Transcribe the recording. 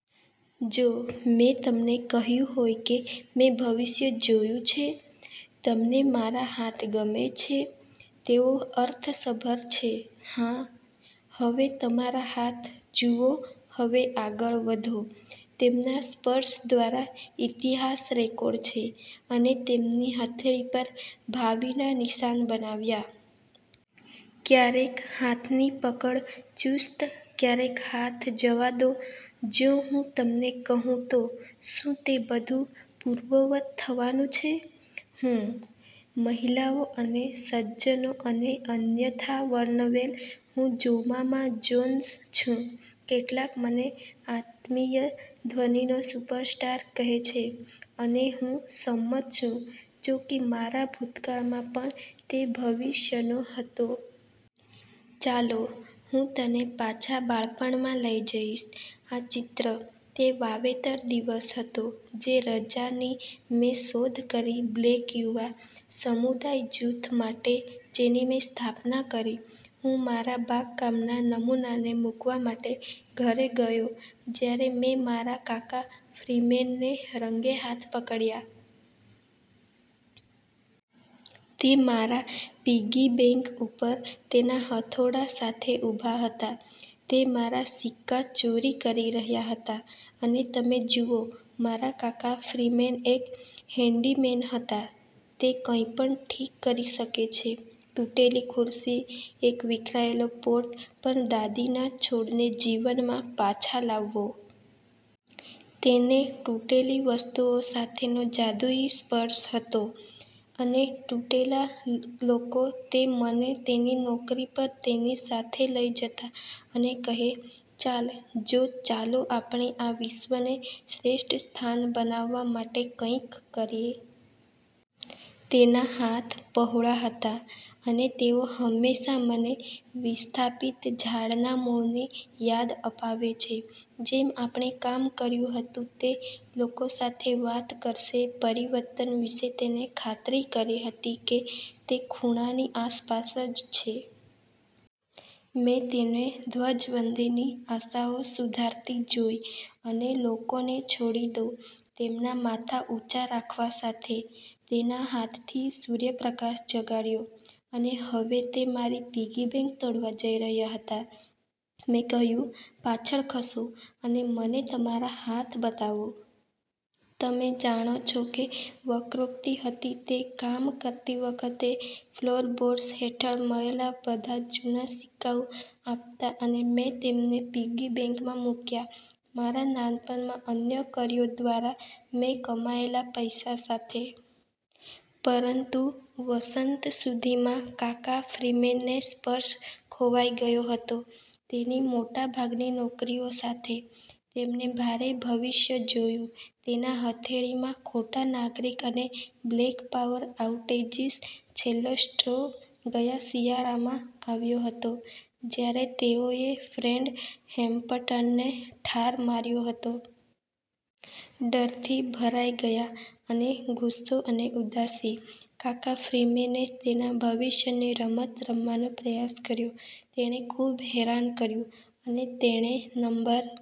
જો મેં તમને કહ્યું હોય કે મેં ભવિષ્ય જોયું છે? તમને મારા હાથ ગમે છે? તેઓ અર્થસભર છે, હા? હવે તમારા હાથ જુઓ હવે આગળ વધો. તેમના સ્પર્શ દ્વારા ઇતિહાસ રેકોર્ડ છે અને તેમની હથેળી પર ભાવિના નિશાન બનાવ્યાં. ક્યારેક હાથની પકડ ચુસ્ત, ક્યારેક હાથ જવા દો. જો હું તમને કહું તો શું તે બધું પૂર્વવત્ થવાનું છે? હમ્. મહિલાઓ અને સજ્જનો અને અન્યથા વર્ણવેલ, હું જોમામા જોન્સ છું. કેટલાક મને આત્મિય ધ્વનિનો સુપરસ્ટાર કહે છે, અને હું સંમત છું, જોકે મારા ભૂતકાળમાં પણ તે ભવિષ્યનો હતો. ચાલો હું તને પાછા બાળપણમાં લઈ જઈશ. આ ચિત્ર: તે વાવેતર દિવસ હતો, જે રજા ની મેં શોધ કરી બ્લેક યુવા સમુદાય જૂથ માટે જેની મેં સ્થાપના કરી. હું મારા બાગકામના નમૂનાને મૂકવા માટે ઘરે ગયો જ્યારે મેં મારા કાકા ફ્રીમેનને રંગે હાથ પકડ્યા. તે મારા પિગી બેંક ઉપર તેના હથોડા સાથે ઉભા હતા. તે મારા સિક્કા ચોરી કરી રહ્યા હતા. અને તમે જુઓ, મારા કાકા ફ્રીમેન એક હેન્ડીમેન હતા. તે કંઈપણ ઠીક કરી શકે છે તૂટેલી ખુરશી, એક વિખેરાયેલો પોટ પણ દાદીના છોડને જીવનમાં પાછા લાવવો. તેને તૂટેલી વસ્તુઓ સાથેનો જાદુઈ સ્પર્શ હતો... અને તૂટેલા લોકો. તે મને તેની નોકરી પર તેની સાથે લઈ જતા અને કહે, ચાલ જો, ચાલો આપણે આ વિશ્વને શ્રેષ્ઠ સ્થાન બનાવવા માટે કંઈક કરીએ. " તેના હાથ પહોળા હતા, અને તેઓ હંમેશાં મને વિસ્થાપિત ઝાડના મૂળની યાદ અપાવે છે. જેમ આપણે કામ કર્યું હતું તે લોકો સાથે વાત કરશે પરિવર્તન વિશે તેને ખાતરી હતી કે તે ખૂણાની આસપાસ જ છે. મેં તેને ધ્વજવંદીની આશાઓ સુધારતી જોઇ અને લોકોને છોડી દો તેમના માથા ઊંચા રાખવા સાથે. તેના હાથથી સૂર્યપ્રકાશ જગાડ્યો. અને હવે તે મારી પિગી બેંક તોડવા જઇ રહ્યા હતા. મેં કહ્યું, "પાછળ ખસો, અને મને તમારા હાથ બતાવો. " તમે જાણો છો કે વક્રોક્તિ હતી તે કામ કરતી વખતે ફ્લોરબોર્ડ્સ હેઠળ મળેલા બધા જૂના સિક્કાઓ આપતા અને મેં તેમને પિગી બેંકમાં મૂક્યા મારા નાનપણમાં અન્ય કર્યો દ્વારા મેં કમાયેલા પૈસા સાથે. પરંતુ વસંત સુધીમાં કાકા ફ્રીમેનનો સ્પર્શ ખોવાઈ ગયો હતો... તેની મોટાભાગની નોકરીઓ સાથે. તેમને ભારે ભવિષ્ય જોયું તેના હથેળીમાં ખોટા નાગરિક અને બ્લેક પાવર આઉટેજિસ. છેલ્લો સ્ટ્રો ગયા શિયાળામાં આવ્યો હતો જ્યારે તેઓએ ફ્રેડ હેમ્પટનને ઠાર માર્યો હતો. ડરથી ભરાઈ ગયાં અને ગુસ્સો અને ઉદાસી, કાકા ફ્રીમેને તેના ભવિષ્યની રમત રમવાનો પ્રયાસ કર્યો. તેણે ખૂબ હેરાન કર્યું, અને તેણે નંબર